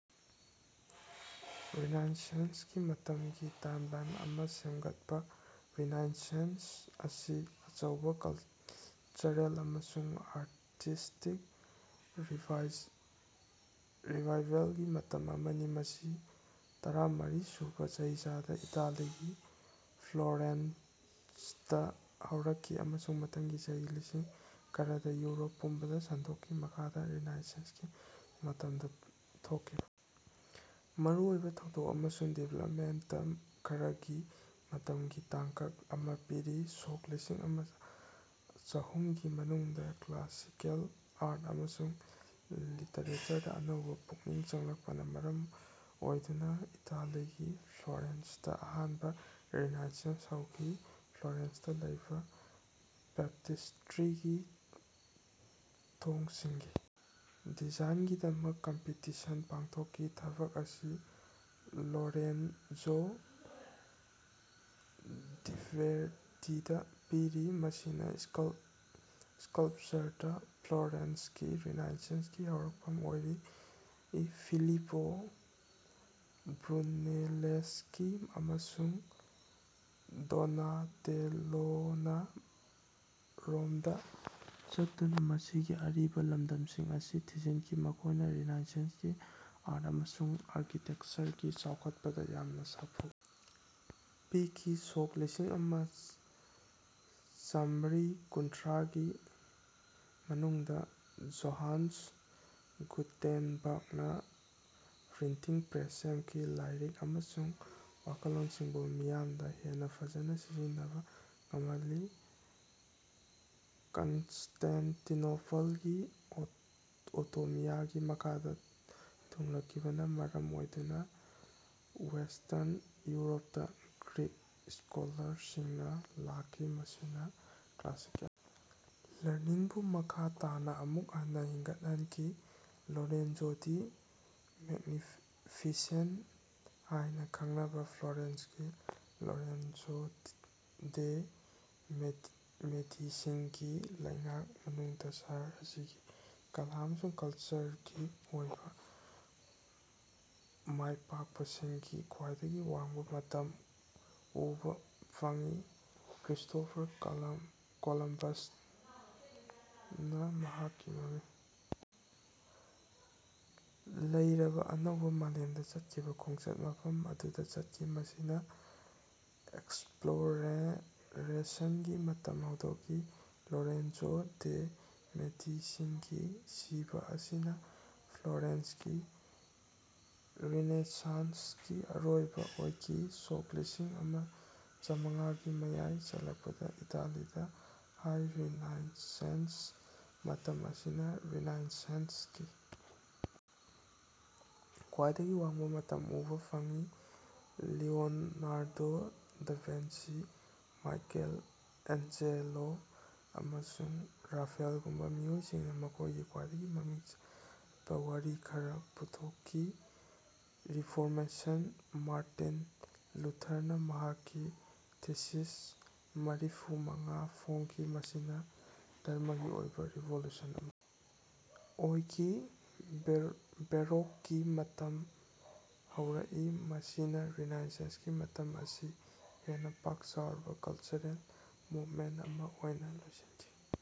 ꯔꯤꯅꯥꯏꯟꯁꯦꯟꯁꯀꯤ ꯃꯇꯝꯒꯤ ꯇꯥꯏꯝꯂꯥꯏꯟ ꯑꯃ ꯁꯦꯝꯒꯠꯄ꯫ ꯔꯤꯅꯥꯏꯟꯁꯦꯟꯁ ꯑꯁꯤ ꯑꯆꯧꯕ ꯀꯜꯆꯔꯦꯜ ꯑꯃꯁꯨꯡ ꯑꯥꯔꯇꯤꯁ꯭ꯇꯤꯛ ꯔꯤꯚꯥꯏꯚꯦꯜꯒꯤ ꯃꯇꯝ ꯑꯃꯅꯤ, ꯃꯁꯤ ꯇꯔꯥꯃꯔꯤ ꯁꯨꯕꯥ ꯆꯍꯤꯆꯥꯗꯥ ꯏꯇꯥꯂꯤꯒꯤ ꯐ꯭ꯂꯣꯔꯦꯟꯁꯇ ꯍꯧꯔꯛꯈꯤ ꯑꯃꯁꯨꯡ ꯃꯊꯪꯒꯤ ꯆꯍꯤ ꯂꯤꯁꯤꯡ ꯈꯔꯗꯥ ꯌꯨꯔꯣꯞ ꯄꯨꯝꯕꯗꯥ ꯁꯟꯗꯣꯛꯈꯤ꯫ ꯃꯈꯥꯗ ꯔꯤꯅꯥꯏꯟꯁꯦꯟꯁꯀꯤ ꯃꯇꯝꯗ ꯊꯣꯛꯈꯤꯕ ꯃꯔꯨ ꯑꯣꯏꯕ ꯊꯧꯗꯣꯛ ꯑꯃꯁꯨꯡ ꯗꯤꯕꯦꯂꯞꯃꯦꯟꯇ ꯈꯔꯒꯤ ꯃꯇꯝꯒꯤ ꯇꯥꯡꯀꯛ ꯑꯃ ꯄꯤꯔꯤ: ꯁꯣꯛ ꯂꯤꯁꯤꯡ ꯑꯃ ꯆꯍꯨꯝꯒꯤ ꯃꯅꯨꯡꯗ ꯀ꯭ꯂꯥꯁꯤꯀꯦꯜ ꯑꯥꯔꯠ ꯑꯃꯁꯨꯡ ꯂꯤꯇꯔꯦꯆꯔꯗ ꯑꯅꯧꯕ ꯄꯨꯛꯅꯤꯡ ꯆꯪꯂꯛꯄꯅ ꯃꯔꯝ ꯑꯣꯏꯗꯨꯅ ꯏꯇꯥꯂꯤꯒꯤ ꯐ꯭ꯂꯣꯔꯦꯟꯁꯇ ꯑꯍꯥꯟꯕ ꯔꯤꯅꯥꯏꯟꯁꯦꯟꯁ ꯍꯧꯈꯤ꯫ ꯐ꯭ꯂꯣꯔꯦꯟꯁꯇ ꯂꯩꯕ ꯕꯦꯞꯇꯤꯁꯇ꯭ꯔꯤꯒꯤ ꯊꯣꯡꯁꯤꯡꯒꯤ ꯗꯤꯖꯥꯏꯟꯒꯤꯗꯃꯛ ꯀꯝꯄꯤꯇꯤꯁꯟ ꯄꯥꯡꯊꯣꯛꯈꯤ꯫ ꯊꯕꯛ ꯑꯁꯤ ꯂꯣꯔꯦꯟꯖꯣ ꯘꯤꯕꯦꯔꯇꯤꯗ ꯄꯤꯔꯤ, ꯃꯁꯤꯅ ꯁ꯭ꯀꯜꯞꯆꯔꯗ ꯐ꯭ꯂꯣꯔꯦꯟꯁꯀꯤ ꯔꯤꯅꯥꯏꯟꯁꯦꯟꯁꯀꯤ ꯍꯧꯔꯛꯐꯝ ꯑꯣꯏꯔꯤ꯫ ꯐꯤꯂꯤꯄꯣ ꯕ꯭ꯔꯨꯅꯦꯂꯦꯁꯀꯤ ꯑꯃꯁꯨꯡ ꯗꯣꯅꯥꯇꯦꯂꯣꯅꯥ ꯔꯣꯝꯗ ꯆꯠꯇꯨꯅ ꯃꯁꯤꯒꯤ ꯑꯔꯤꯕ ꯂꯝꯗꯝꯁꯤꯡ ꯑꯁꯤ ꯊꯤꯖꯤꯟꯈꯤ, ꯃꯈꯣꯏꯅꯥ ꯔꯤꯅꯥꯏꯟꯁꯁꯦꯟꯁꯀꯤ ꯑꯥꯔꯠ ꯑꯃꯁꯨꯡ ꯑꯥꯔꯀꯤꯇꯦꯛꯆꯔꯒꯤ ꯆꯥꯎꯈꯠꯄꯗ ꯌꯥꯝꯅ ꯁꯥꯐꯨ ꯄꯤꯈꯤ꯫ ꯁꯣꯛ ꯂꯤꯁꯤꯡ ꯑꯃ ꯆꯥꯃꯔꯤ ꯀꯨꯟꯊ꯭ꯔꯥꯒꯤ ꯃꯅꯨꯡꯗꯥ ꯖꯣꯍꯥꯟꯁ ꯒꯨꯇꯦꯟꯕꯔꯒꯅ ꯄ꯭ꯔꯤꯟꯇꯤꯡ ꯄ꯭ꯔꯦꯁ ꯁꯦꯝꯈꯤ, ꯂꯥꯏꯔꯤꯛ ꯑꯃꯁꯨꯡ ꯋꯥꯈꯜꯂꯣꯟꯁꯤꯡꯕꯨ ꯃꯤꯌꯥꯝꯗ ꯍꯦꯟꯅꯥ ꯐꯖꯅ ꯁꯤꯖꯤꯟꯅꯕ ꯉꯝꯍꯜꯂꯤ꯫ ꯀꯟꯁꯇꯦꯟꯇꯤꯅꯣꯄꯜꯒꯤ ꯑꯣꯇꯣꯃꯤꯌꯥꯒꯤ ꯃꯈꯥꯗ ꯊꯨꯡꯂꯈꯤꯕꯅ ꯃꯔꯝ ꯑꯣꯏꯗꯨꯅ ꯋꯦꯁꯇꯔꯟ ꯌꯨꯔꯣꯞꯇ ꯒ꯭ꯔꯤꯛ ꯁ꯭ꯀꯣꯂꯥꯔꯁꯤꯡꯅ ꯂꯥꯛꯈꯤ꯫ ꯃꯁꯤꯅ ꯀ꯭ꯂꯥꯁꯤꯀꯦꯜ ꯂꯔꯅꯤꯡꯕꯨ ꯃꯈꯥ ꯇꯥꯅ ꯑꯃꯨꯛ ꯍꯟꯅ ꯍꯤꯡꯒꯠꯍꯟꯈꯤ꯫ ꯂꯣꯔꯦꯟꯖꯣ ꯗꯤ ꯃꯦꯒꯅꯤꯐꯤꯁꯦꯟꯇ ꯍꯥꯏꯅ ꯈꯪꯅꯕ ꯐ꯭ꯂꯣꯔꯦꯟꯁꯀꯤ ꯂꯣꯔꯦꯟꯖꯣ ꯗꯦ ꯃꯦꯗꯤꯁꯤꯒꯤ ꯂꯩꯉꯥꯛ ꯃꯅꯨꯡꯗꯥ ꯁꯍꯔ ꯑꯁꯤꯒꯤ ꯀꯂꯥ ꯑꯃꯁꯨꯡ ꯀꯂꯆꯔꯒꯤ ꯑꯣꯏꯕ ꯃꯥꯏꯄꯥꯛꯄꯁꯤꯡꯒꯤ ꯈ꯭ꯋꯥꯏꯗꯒꯤ ꯋꯥꯡꯕ ꯃꯇꯝ ꯎꯕ ꯐꯪꯏ꯫ ꯀ꯭ꯔꯤꯁꯇꯣꯐꯔ ꯀꯣꯂꯝꯕꯁꯅ ꯃꯍꯥꯛꯀꯤ ꯃꯃꯤꯡ ꯂꯩꯔꯕ ꯑꯅꯧꯕ ꯃꯥꯂꯦꯝꯗ ꯆꯠꯈꯤꯕ ꯈꯣꯡꯆꯠ ꯃꯐꯝ ꯑꯗꯨꯗ ꯆꯠꯈꯤ, ꯃꯁꯤꯅ ꯑꯦꯛꯁꯄ꯭ꯂꯣꯔꯦꯁꯟꯒꯤ ꯃꯇꯝ ꯍꯧꯗꯣꯛꯈꯤ꯫ ꯂꯣꯔꯦꯟꯖꯣ ꯗꯦ' ꯃꯦꯗꯤꯁꯤꯒꯤ ꯁꯤꯕꯥ ꯑꯁꯤꯅ ꯐ꯭ꯂꯣꯔꯦꯟꯁꯀꯤ ꯔꯤꯅꯦꯁꯥꯟꯁꯀꯤ ꯑꯔꯣꯏꯕ ꯑꯣꯏꯈꯤ꯫ ꯁꯣꯛ ꯂꯤꯁꯤꯡ ꯑꯃ ꯆꯥꯃꯉꯥꯒꯤ ꯃꯌꯥꯏ ꯆꯜꯂꯛꯄꯗ ꯏꯇꯥꯂꯤꯗ ꯍꯥꯏ ꯔꯤꯅꯥꯏꯟꯁꯦꯟꯁ ꯃꯇꯝ ꯑꯁꯤꯅꯥ ꯔꯤꯅꯥꯏꯟꯁꯦꯟꯁꯀꯤ ꯈ꯭ꯋꯥꯏꯗꯒꯤ ꯋꯥꯡꯕ ꯃꯇꯝ ꯎꯕ ꯐꯪꯏ, Leonardo da Vinci, Michelangelo, ꯑꯃꯁꯨꯡ ꯔꯥꯐꯦꯜꯒꯨꯝꯕ ꯃꯤꯑꯣꯏꯁꯤꯡꯅ ꯃꯈꯣꯏꯒꯤ ꯈ꯭ꯋꯥꯏꯗꯒꯤ ꯃꯃꯤꯡ ꯆꯠꯄ ꯋꯥꯔꯤ ꯈꯔ ꯄꯨꯊꯣꯛꯈꯤ꯫ ꯔꯤꯐꯣꯔꯃꯦꯁꯟ: ꯃꯥꯔꯇꯤꯟ ꯂꯨꯊꯔꯅ ꯃꯍꯥꯛꯀꯤ "ꯊꯤꯁꯤꯁ ꯃꯔꯤꯐꯨ ꯃꯉꯥ" ꯐꯣꯡꯈꯤ꯫ ꯃꯁꯤꯅ ꯙꯔꯝꯃꯒꯤ ꯑꯣꯏꯕ ꯔꯤꯚꯣꯂꯨꯁꯟ ꯑꯃ ꯑꯣꯏꯈꯤ꯫ ꯕꯦꯔꯣꯛꯀꯤ ꯃꯇꯝ ꯍꯧꯔꯛꯏ, ꯃꯁꯤꯅꯥ ꯔꯤꯅꯥꯏꯟꯁꯦꯟꯁꯀꯤ ꯃꯇꯝ ꯑꯁꯤ ꯍꯦꯟꯅ ꯄꯥꯛ ꯆꯥꯎꯔꯕ ꯀꯜꯆꯔꯦꯜ ꯃꯨꯕꯃꯦꯟꯇ ꯑꯃ ꯑꯣꯏꯅ ꯂꯣꯏꯁꯤꯟꯈꯤ꯫